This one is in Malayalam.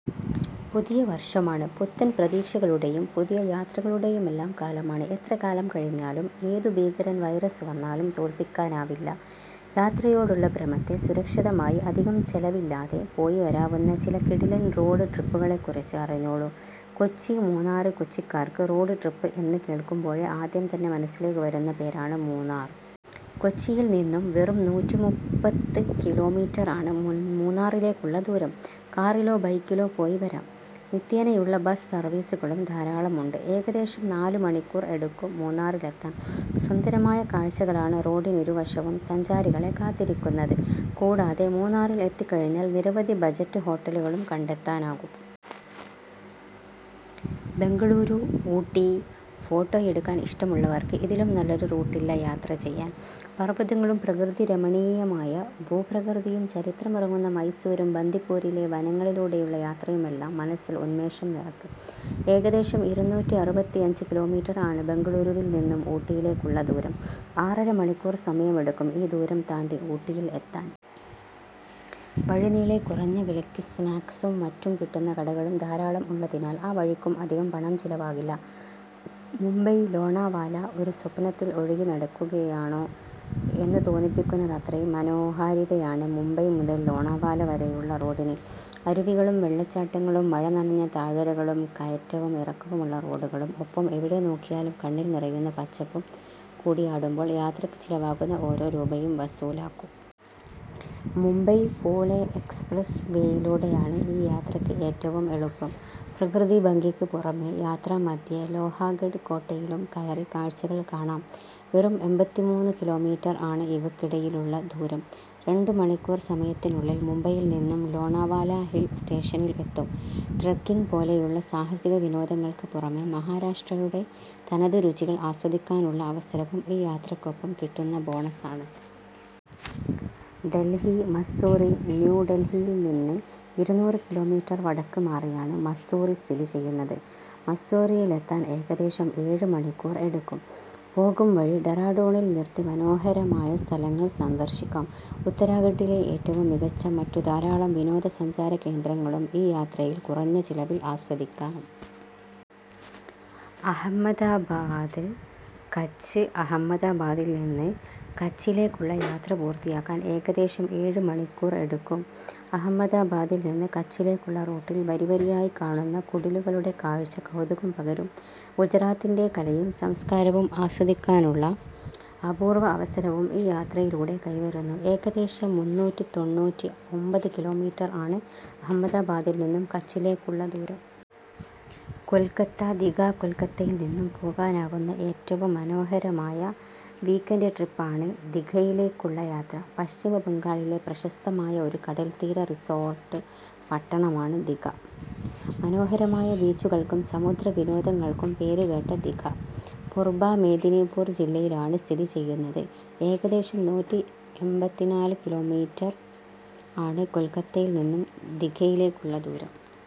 പുതിയ വര്‍ഷമാണ്. പുത്തന്‍ പ്രതീക്ഷകളുടെയും പുതിയ യാത്രകളുടെയുമെല്ലാം കാലമാണ്. എത്രകാലം കഴിഞ്ഞാലും ഏതു ഭീകരൻ വൈറസ് വന്നാലും തോല്‍പ്പിക്കാനാവില്ല, യാത്രയോടുള്ള ഭ്രമത്തെ. സുരക്ഷിതമായി അധികം ചെലവില്ലാതെ പോയിവരാവുന്ന ചില കിടിലന്‍ റോഡ് ട്രിപ്പുകളെക്കുറിച്ച് അറിഞ്ഞോളൂ. കൊച്ചി- മൂന്നാര്‍ കൊച്ചിക്കാർക്ക് റോഡ് ട്രിപ്പ് എന്നു കേള്‍ക്കുമ്പോഴേ ആദ്യം തന്നെ മനസ്സിലേക്ക് വരുന്ന പേരാണ് മൂന്നാര്‍. കൊച്ചിയില്‍ നിന്നും വെറും നൂറ്റിമൂപ്പത്ത് കിലോമീറ്ററാണ് മൂന്നാറിലേക്കുള്ള ദൂരം. കാറിലോ ബൈക്കിലോ പോയി വരാം, നിത്യേനയുള്ള ബസ് സര്‍വീസുകളും ധാരാളമുണ്ട്. ഏകദേശം നാല് മണിക്കൂർ എടുക്കും മൂന്നാറിലെത്താൻ. സുന്ദരമായ കാഴ്ചകളാണ് റോഡിനിരുവശവും സഞ്ചാരികളെ കാത്തിരിക്കുന്നത്. കൂടാതെ, മൂന്നാറില്‍ എത്തിക്കഴിഞ്ഞാൽ നിരവധി ബജറ്റ് ഹോട്ടലുകളും കണ്ടെത്താനാകും. ബെംഗളൂരു-ഊട്ടി ഫോട്ടോയെടുക്കാൻ ഇഷ്ടമുള്ളവർക്ക് ഇതിലും നല്ലൊരു റൂട്ടില്ല യാത്ര ചെയ്യാന്‍. പർവതങ്ങളും പ്രകൃതിരമണീയമായ ഭൂപ്രകൃതിയും ചരിത്രമുറങ്ങുന്ന മൈസൂരും ബന്ദിപ്പൂരിലെ വനങ്ങളിലൂടെയുള്ള യാത്രയുമെല്ലാം മനസ്സില്‍ ഉന്മേഷം നിറയ്ക്കും. ഏകദേശം ഇരുന്നൂറ്റിയറുപതിയഞ്ച് കിലോമീറ്റര്‍ ആണ് ബെംഗളൂരുവിൽ നിന്നും ഊട്ടിയിലേക്കുള്ള ദൂരം. ആറര മണിക്കൂര്‍ സമയമെടുക്കും ഈ ദൂരം താണ്ടി ഊട്ടിയില്‍ എത്താന്‍. വഴി നീളെ കുറഞ്ഞ വിലയ്ക്ക് സ്നാക്സും മറ്റും കിട്ടുന്ന കടകളും ധാരാളം ഉള്ളതിനാല്‍ ആ വഴിക്കും അധികം പണം ചിലവാകില്ല. മുംബൈ-ലോണാവാല ഒരു സ്വപ്നത്തില്‍ ഒഴുകി നടക്കുകയാണോ എന്നു തോന്നിപ്പിക്കുന്നത്രയും മനോഹാരിതയാണ് മുംബൈ മുതൽ ലോണാവാല വരെയുള്ള റോഡിന്. അരുവികളും വെള്ളച്ചാട്ടങ്ങളും മഴ നനഞ്ഞ താഴ്വരകളും കയറ്റവും ഇറക്കവുമുള്ള റോഡുകളും ഒപ്പം എവിടെ നോക്കിയാലും കണ്ണില്‍ നിറയുന്ന പച്ചപ്പും കൂടിയാടുമ്പോള്‍ യാത്രക്ക് ചിലവാകുന്ന ഓരോ രൂപയും വസൂലാകും. മുംബൈ-പൂനെ എക്സ്പ്രസ് വേയിലൂടെയാണ് ഈ യാത്രക്ക് ഏറ്റവും എളുപ്പം. പ്രകൃതിഭംഗിക്ക് പുറമേ യാത്രാമധ്യേ, ലോഹഗഡ് കോട്ടയിലും കയറി കാഴ്ചകള്‍ കാണാം. വെറും എമ്പത്തിമൂന്നു കിലോമീറ്റര്‍ ആണ് ഇവയ്ക്കിടയിലുള്ള ദൂരം. രണ്ടു മണിക്കൂര്‍ സമയത്തിനുള്ളിൽ മുംബൈയില്‍ നിന്നും ലോണാവാല ഹിൽ സ്റ്റേഷനിൽ എത്തും. ട്രെക്കിങ് പോലെയുള്ള സാഹസിക വിനോദങ്ങള്‍ക്ക് പുറമേ, മഹാരാഷ്ട്രയുടെ തനതു രുചികള്‍ ആസ്വദിക്കാനുള്ള അവസരവും ഈ യാത്രക്കൊപ്പം കിട്ടുന്ന ബോണസാണ്. ഡൽഹി-മസ്സൂറി ന്യൂ ഡൽഹിയിൽ നിന്ന് ഇരുനൂറ് കിലോമീറ്റർ വടക്ക് മാറിയാണ് മസ്സൂറി സ്ഥിതി ചെയ്യുന്നത്, മസ്സൂറിയിലെത്താൻ ഏകദേശം ഏഴ് മണിക്കൂർ എടുക്കും. പോകുംവഴി ഡെറാഡൂണിൽ നിർത്തി മനോഹരമായ സ്ഥലങ്ങള്‍ സന്ദര്‍ശിക്കാം. ഉത്തരാഖണ്ഡിലെ ഏറ്റവും മികച്ച മറ്റു ധാരാളം വിനോദസഞ്ചാര കേന്ദ്രങ്ങളും ഈ യാത്രയില്‍ കുറഞ്ഞ ചിലവില്‍ ആസ്വദിക്കാം. അഹമ്മദാബാദ്-കച്ച് അഹമ്മദാബാദിൽ നിന്ന് കച്ചിലേക്കുള്ള യാത്ര പൂർത്തിയാക്കാൻ ഏകദേശം ഏഴ് മണിക്കൂർ എടുക്കും. അഹമ്മദാബാദിൽ നിന്ന് കച്ചിലേക്കുള്ള റൂട്ടിൽ വരിവരിയായി കാണുന്ന കുടിലുകളുടെ കാഴ്ച കൗതുകം പകരും. ഗുജറാത്തിന്‍റെ കലയും സംസ്കാരവും ആസ്വദിക്കാനുള്ള അപൂര്‍വ്വ അവസരവും ഈ യാത്രയിലൂടെ കൈവരുന്നു. ഏകദേശം മുന്നൂറ്റിതൊണ്ണൂറ്റിഒമ്പത് കിലോമീറ്റര്‍ ആണ് അഹമ്മദാബാദിൽ നിന്നും കച്ചിലേക്കുള്ള ദൂരം. കൊൽക്കത്ത ദിഘ കൊൽക്കത്തയിൽ നിന്നും പോകാനാവുന്ന ഏറ്റവും മനോഹരമായ വീക്കെൻഡ് ട്രിപ്പാണ് ദിഘയിലേക്കുള്ള യാത്ര. പശ്ചിമബംഗാളിലെ പ്രശസ്തമായ ഒരു കടൽത്തീര റിസോർട്ട് പട്ടണമാണ് ദിഘ. മനോഹരമായ ബീച്ചുകള്‍ക്കും സമുദ്രവിനോദങ്ങൾക്കും പേരുകേട്ട ദിഘ, പുർബ മേദിനിപൂർ ജില്ലയിലാണ് സ്ഥിതി ചെയ്യുന്നത്. ഏകദേശം നൂറ്റിഎമ്പതിനാല് കിലോമീറ്റർ ആണ് കൊല്‍ക്കത്തയില്‍ നിന്നും ദിഘയിലേക്കുള്ള ദൂരം.